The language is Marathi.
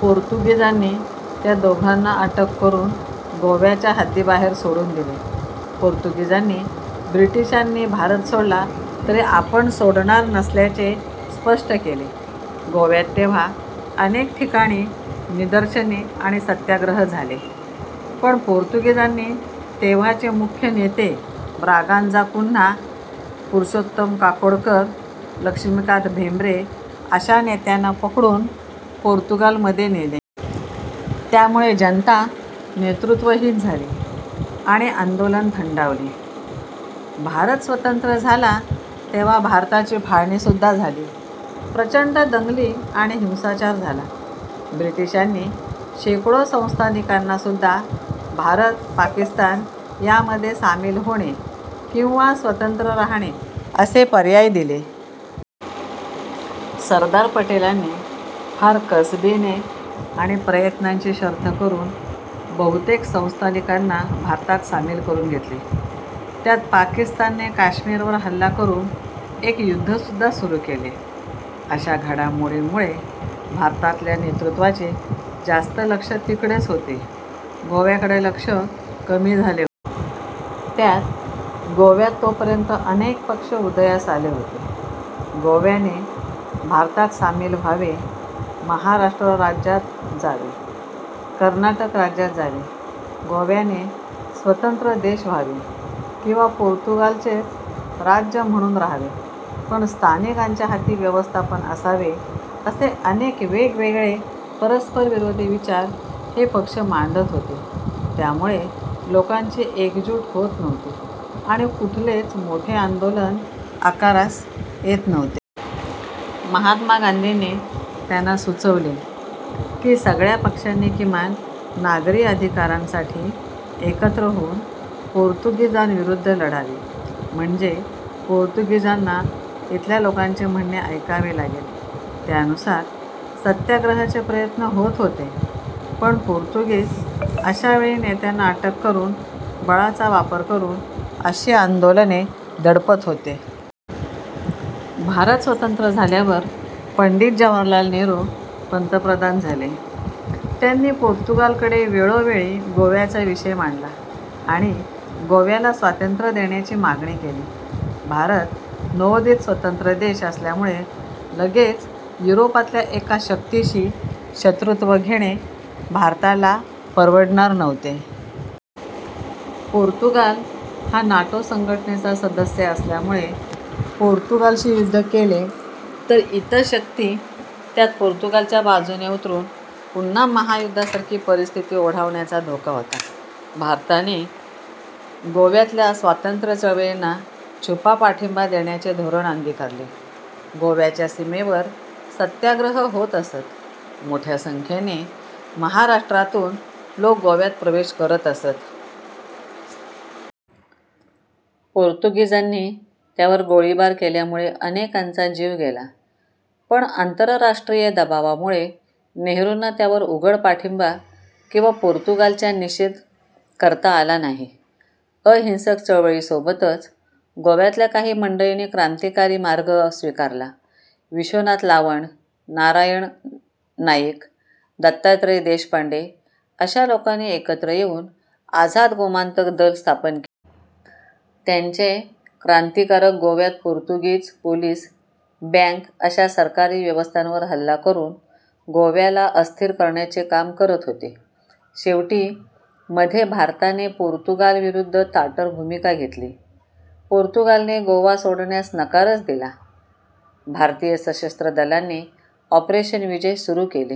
पोर्तुगीजांनी त्या दोघांना अटक करून गोव्याच्या हद्दीबाहेर सोडून दिले. पोर्तुगीजांनी ब्रिटिशांनी भारत सोडला तरी आपण सोडणार नसल्याचे स्पष्ट केले. गोव्यात तेव्हा अनेक ठिकाणी निदर्शने आणि सत्याग्रह झाले, पण पोर्तुगीजांनी तेव्हाचे मुख्य नेते ब्रागांझा कुन्हा, पुरुषोत्तम काकोडकर, लक्ष्मीकांत भेम्बरे अशा नेत्यांना पकडुन पोर्तुगालमध्ये नेले. त्यामुळे जनता नेतृत्वहीन झाली आणि आंदोलन थंडावले. भारत स्वतंत्र झाला तेव्हा भारताची फाळणीसुद्धा झाली. प्रचंड दंगली आणि हिंसाचार झाला. ब्रिटिशांनी शेकडो संस्थानिकांनासुद्धा भारत, पाकिस्तान यामध्ये सामील होणे किंवा स्वतंत्र राहणे असे पर्याय दिले. सरदार पटेलांनी फार कसबीने आणि प्रयत्नांची शर्थ करून बहुतेक संस्थानिकांना भारतात सामील करून घेतले. त्यात पाकिस्तानने काश्मीरवर हल्ला करून एक युद्धसुद्धा सुरु केले. अशा घडामोडींमुळे भारतातल्या नेतृत्वाचे जास्त लक्ष तिकडेच होते, गोव्याकडे लक्ष कमी झाले होते. त्यात गोव्यात तोपर्यंत अनेक पक्ष उदयास आले होते. गोव्याने भारतात सामील व्हावे, महाराष्ट्र राज्यात जावे. कर्नाटक राज्यात जावे, गोव्याने स्वतंत्र देश व्हावे किंवा पोर्तुगालचेच राज्य म्हणुन राहावे पण स्थानिकांच्या हाती व्यवस्थापन असावे असे अनेक वेगवेगळे परस्परविरोधी विचार हे पक्ष मांडत होते, त्यामुळे लोकांची एकजूट होत नव्हती आणि कुठलेच मोठे आंदोलन आकारास येत नव्हते. महात्मा गांधींनी त्यांना सुचवले कि सगळ्या पक्षांनी किमान नागरी अधिकारांसाठी एकत्र होऊन पोर्तुगीजांविरुद्ध लढावे म्हणजे पोर्तुगीजांना इथल्या लोकांचे म्हणणे ऐकावे लागेल. त्यानुसार सत्याग्रहाचे प्रयत्न होत होते पण पोर्तुगीज अशावेळी नेत्यांना अटक करून बळाचा वापर करून अशी आंदोलने दडपत होते. भारत स्वतंत्र झाल्यावर पंडित जवाहरलाल नेहरू पंतप्रधान झाले. त्यांनी पोर्तुगालकडे वेळोवेळी गोव्याचा विषय मांडला आणि गोव्याला स्वातंत्र्य देण्याची मागणी केली. भारत नवोदित स्वतंत्र देश असल्यामुळे लगेच युरोपातल्या एका शक्तीशी शत्रुत्व घेणे भारताला परवडणार नव्हते. पोर्तुगाल हा नाटो संघटनेचा सदस्य असल्यामुळे पोर्तुगालशी युद्ध केले तर इतर शक्ती त्यात पोर्तुगालच्या बाजूने उतरून पुन्हा महायुद्धासारखी परिस्थिती ओढवण्याचा धोका होता. भारताने गोव्यातल्या स्वातंत्र्य चळवळींना छुपा पाठिंबा देण्याचे धोरण अंगिकारले. गोव्याच्या सीमेवर सत्याग्रह होत असत, मोठ्या संख्येने महाराष्टरातून लोक गोव्यात प्रवेश करत असत. पोर्तुगीजांनी त्यावर गोळीबार केल्यामुळे अनेकांचा जीव गेला, पण आंतरराष्ट्रीय दबावामुळे नेहरूंना त्यावर उघड पाठिंबा किंवा पोर्तुगालच्या निषेध करता आला नाही. अहिंसक चळवळीसोबतच गोव्यातल्या काही मंडळींनी क्रांतिकारी मार्ग स्वीकारला. विश्वनाथ लावंड, नारायण नाईक, दत्तात्रय देशपांडे अशा लोकांनी एकत्र येऊन आझाद गोमंतक दल स्थापन केले. त्यांचे क्रांतिकारक गोव्यात पोर्तुगीज पोलीस, बँक अशा सरकारी व्यवस्थांवर हल्ला करून गोव्याला अस्थिर करण्याचे काम करत होते. शेवटी मध्ये भारताने पोर्तुगालविरुद्ध ताठर भूमिका घेतली. पोर्तुगालने गोवा सोडण्यास नकारच दिला. भारतीय सशस्त्र दलांनी ऑपरेशन विजय सुरु केले.